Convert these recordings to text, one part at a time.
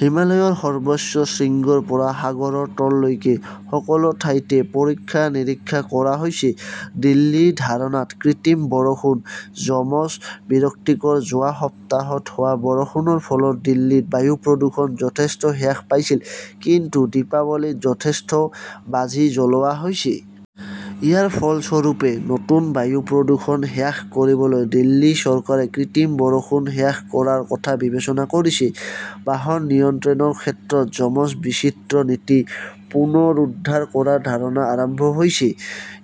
হিমালয়ৰ সৰ্বোচ্চ শৃংগৰ পৰা সাগৰৰ তললৈকে সকলো ঠাইতে পৰীক্ষা-নিৰীক্ষা কৰা হৈছে। দিল্লীৰ ধাৰণাত কৃত্ৰিম বৰষুণ, যমজ-বিৰক্তিকৰ যোৱা সপ্তাহত হোৱা বৰষুণৰ ফলত দিল্লীত বায়ু প্ৰদূষণ যথেষ্ট হ্ৰাস পাইছিল। কিন্তু দীপাৱলীত যথেষ্ট বাজি জ্বলোৱা হৈছে। ইয়াৰ ফলস্বৰূপে নতুন বায়ু প্ৰদূষণ হ্ৰাস কৰিবলৈ দিল্লী চৰকাৰে কৃত্ৰিম বৰষুণ হ্ৰাস কৰাৰ কথা বিবেচনা কৰিছে। বাহন নিয়ন্ত্ৰণৰ ক্ষেত্ৰতো যমজ-বিচিত্ৰ নীতি পুনৰুদ্ধাৰ কৰাৰ ধাৰণা আৰম্ভ হৈছে।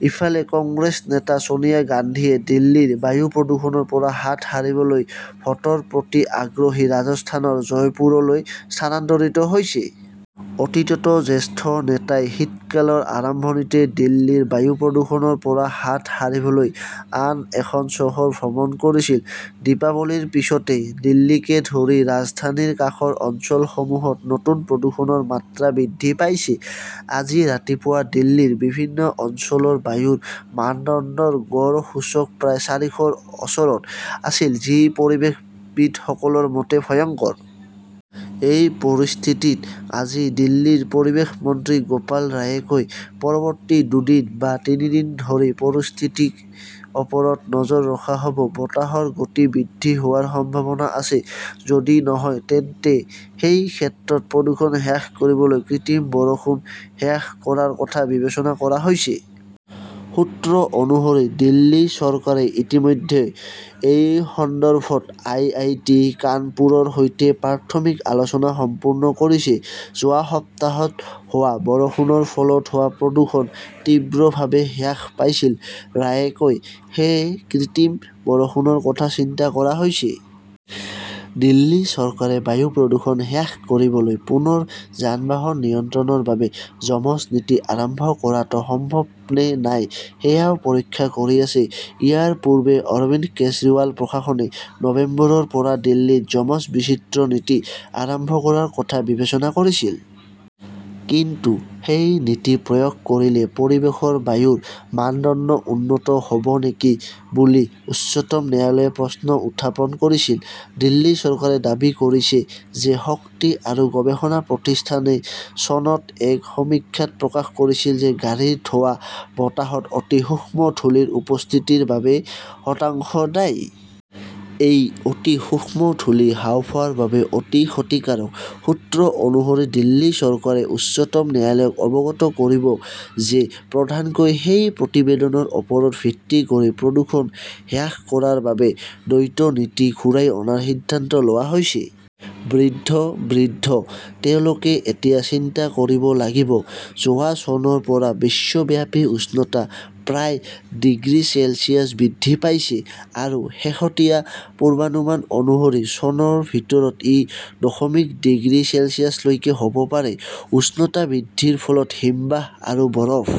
ইফালে, কংগ্ৰেছ নেতা ছোনিয়া গান্ধীয়ে দিল্লীৰ বায়ু প্ৰদূষণৰ পৰা হাত সাৰিবলৈ ভোটৰ প্ৰতি আগ্ৰহী ৰাজস্থানৰ জয়পুৰলৈ স্থানান্তৰিত হৈছে। অতীততো জ্যেষ্ঠ নেতাই শীতকালৰ আৰম্ভণিতে দিল্লীৰ বায়ু প্ৰদূষণৰ পৰা হাত সাৰিবলৈ আন এখন চহৰ ভ্ৰমণ কৰিছিল। দীপাৱলীৰ পিছতে দিল্লীকে ধৰি ৰাজধানীৰ কাষৰ অঞ্চলসমূহত নতুন প্ৰদূষণৰ মাত্ৰা বৃদ্ধি পাইছে। আজি ৰাতিপুৱা দিল্লীৰ বিভিন্ন অঞ্চলৰ বায়ুৰ মানদণ্ডৰ গড় সূচক প্ৰায় চাৰিশৰ ওচৰত আছিল, যি পৰিৱেশবিদসকলৰ মতে 'ভয়ংকৰ "। এই পৰিস্থিতিত আজি দিল্লীৰ পৰিৱেশ মন্ত্ৰী গোপাল ৰায়ে কয়, "পৰৱৰ্তী দুদিন বা তিনি দিন ধৰি পৰিস্থিতিৰ ওপৰত নজৰ ৰখা হ" ব। বতাহৰ গতি বৃদ্ধি হোৱাৰ সম্ভাৱনা আছে। যদি নহয়, তেন্তে সেই ক্ষেত্ৰত প্ৰদূষণ হ্ৰাস কৰিবলৈ কৃত্ৰিম বৰষুণ হ্ৰাস কৰাৰ কথা বিবেচনা কৰা হৈছে। "সূত্ৰ অনুসৰি, দিল্লী চৰকাৰে ইতিমধ্যে এই সন্দৰ্ভত আই. আই. টি. -কানপুৰৰ সৈতে প্ৰাথমিক আলোচনা সম্পূৰ্ণ কৰিছে। "যোৱা সপ্তাহত হোৱা বৰষুণৰ ফলত হোৱা প্ৰদূষণ তীব্ৰভাৱে হ্ৰাস পাইছিল", ৰায়ে কয়। সেয়েহে কৃত্ৰিম বৰষুণৰ কথা চিন্তা কৰা হৈছে। "দিল্লী চৰকাৰে বায়ু প্ৰদূষণ হ্ৰাস কৰিবলৈ পুনৰ যান-বাহন নিয়ন্ত্ৰণৰ বাবে যমজ নীতি আৰম্ভ কৰাটো সম্ভৱনে নাই সেয়াও পৰীক্ষা কৰি আছে। ইয়াৰ পূৰ্বে অৰবিন্দ কেজৰিৱাল প্ৰশাসনে নৱেম্বৰৰ পৰা দিল্লীত যমজ-বিচিত্ৰ নীতি আৰম্ভ কৰাৰ কথা বিবেচনা কৰিছিল। কিন্তু সেই নীতি প্ৰয়োগ কৰিলে পৰিৱেশৰ বায়ুৰ মানদণ্ড উন্নত হ "ব নেকি বুলি উচ্চতম ন্যায়ালয়ে প্ৰশ্ন উত্থাপন কৰিছিল। দিল্লী চৰকাৰে দাবী কৰিছে যে শক্তি আৰু গৱেষণা প্ৰতিষ্ঠানে চনত এক সমীক্ষাত প্ৰকাশ কৰিছিল যে গাড়ীৰ ধোঁৱা বতাহত অতি সূক্ষ্ম ধূলি ৰ উপস্থিতিৰ বাবে শতাংশ দায়ী। এই অতি সূক্ষ্ম ধূলি হাঁওফাঁওৰ বাবে অতি ক্ষতিকাৰক। সূত্ৰ অনুসৰি, দিল্লী চৰকাৰে উচ্চতম ন্যায়ালয়ক অৱগত কৰিব যে প্ৰধানকৈ সেই প্ৰতিবেদনৰ ওপৰত ভিত্তি কৰি প্ৰদূষণ হ্ৰাস কৰাৰ বাবে দ্বৈত নীতি ঘূৰাই অনাৰ সিদ্ধান্ত লোৱা হৈছে। বৃদ্ধ বৃদ্ধঃ তেওঁলোকে এতিয়া চিন্তা কৰিব লাগিব যোৱা চনৰ পৰা বিশ্বব্যাপী উষ্ণতা প্ৰায় ডিগ্ৰী চেলছিয়াছ বৃদ্ধি পাইছে আৰু শেহতীয়া পূৰ্বানুমান অনুসৰি চনৰ ভিতৰত ই দশমিক ডিগ্ৰী চেলছিয়াছলৈকে হ 'ব পাৰে। উষ্ণতা বৃদ্ধিৰ ফলত হিমবাহ আৰু বৰফ